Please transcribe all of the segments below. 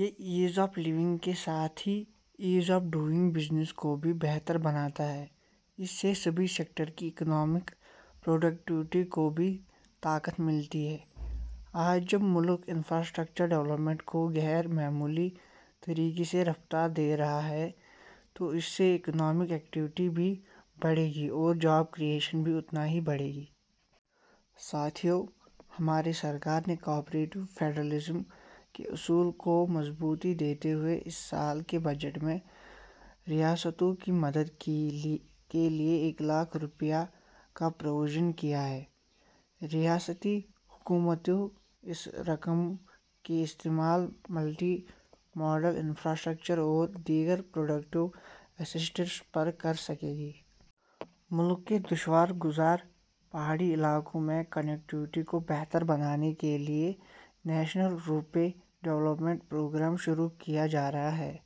یہ ease of living کے ساتھ ہی ایز آف ڈوئنگ بزنس کو بھی بہتر بناتا ہے۔ اس سے سبھی سیکٹرز کی اکنامک پروڈکٹی ویٹی کو بھی تقویت ملتی ہے۔ آج جب ملک انفرا اسٹرکچر ڈولپمنٹ کو غیر معمولی طریقے سے رفتار دے رہا ہے، تو اس سے اکنامک ایکٹی ویٹی بھی بڑھے گی اور جاب کریئشن بھی اتنا ہی بڑھے گا۔ ساتھیو! ہماری سرکار نے کوآپریٹو فیڈرلزم کے اصول کو مضبوطی دیتے ہوئے اس سال کے بجٹ میں ریاستوں کی مدد کے لیے ایک لاکھ کروڑ روپے کا پروویژن کیا ہے۔ ریاستی حکومتیں اس رقم کا استعمال ملٹی ماڈل انفرا اسٹرکچر اور دیگر پروڈکٹیو ایسیٹس پر کرسکیں گی۔ ملک کے دشوار گزار پہاڑی علاقوں میں کنکٹی ویٹی کو بہتر بنانے کے لیے نیشنل روپ وے ڈولپمنٹ پروگرام شروع کیا جا رہا ہے۔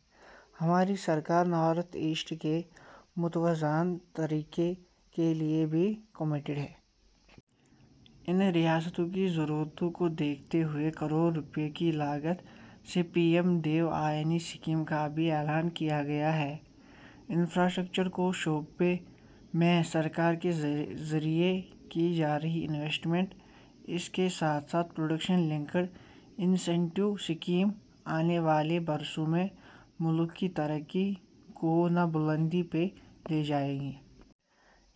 ہماری سرکار نارتھ ایسٹ کی متوازن ترقی کے لیے بھی کمیٹڈ ہے۔ ان ریاستوں کی ضرورتوں کو دیکھتے ہوئے کروڑ روپے کی لاگت سے پی ایم ڈیوائن اسکیم کا بھی اعلان کیا گیا ہے۔ انفرا اسٹرکچر کے شعبے میں سرکار کے ذریعے کی جا رہی انویسٹمنٹ، اس کے ساتھ ساتھ پروڈکشن لنکڈ انسنٹیو اسکیم، آنے والے برسوں میں ملک کی ترقی کو نئی بلندی پر لے جائے گی۔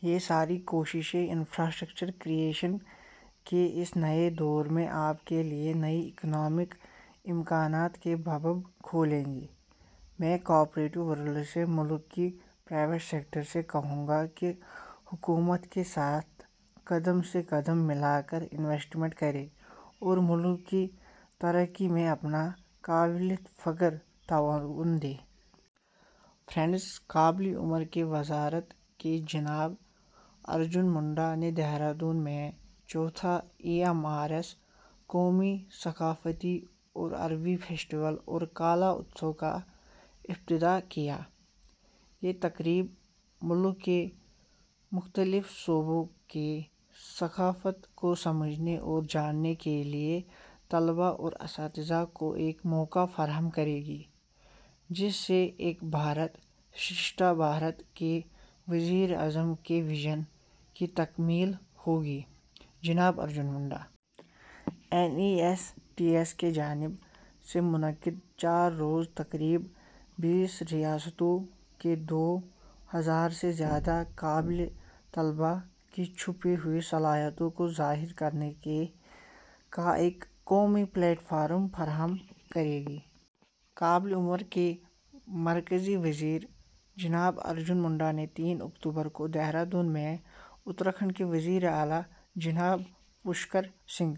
یہ ساری کوششیں انفرا اسٹرکچر کریئشن کے اس نئے دور میں آپ کے لیے نئے اکنامک امکانات کے باب کھولیں گی۔ میں کارپوریٹ ورلڈ سے، ملک کے پرائیویٹ سیکٹر سے کہوں گا کہ حکومت کے ساتھ قدم سے قدم ملا کر سرمایہ کاری کریں اور ملک کی ترقی میں اپنا قابلِ فخر تعاون دیں۔ فرینڈس! قبائلی امور کی وزارت جناب ارجن منڈا نے دہرہ دون میں چوتھے ای ایم آر ایس قومی ثقافتی اور ادبی فیسٹیول اور کلا اتسو کا افتتاح کیا۔ یہ تقریب ملک کے مختلف صوبوں کی ثقافت کو سمجھنے اور جاننے کے لیے طلباء اور اساتذہ کو ایک موقع فراہم کرے گی، جس سے ایک بھارت شریشٹھ بھارت کے وزیر اعظم کے وژن کی تکمیل ہوگی: جناب Arjun Munda. N E S T S کی جانب سے منعقدہ چار روزہ تقریب بائیس ریاستوں کے دو ہزار سے زائد قبائلی طلباء کی چھپی ہوئی صلاحیتوں کو ظاہر کرنے کا ایک قومی پلیٹ فارم فراہم کرے گی۔ قبائلی امور کے مرکزی وزیر جناب ارجن منڈا نے تین اکتوبر کو دہرہ دون میں اتراکھنڈ کے وزیراعلیٰ جناب پشکر سنگھ...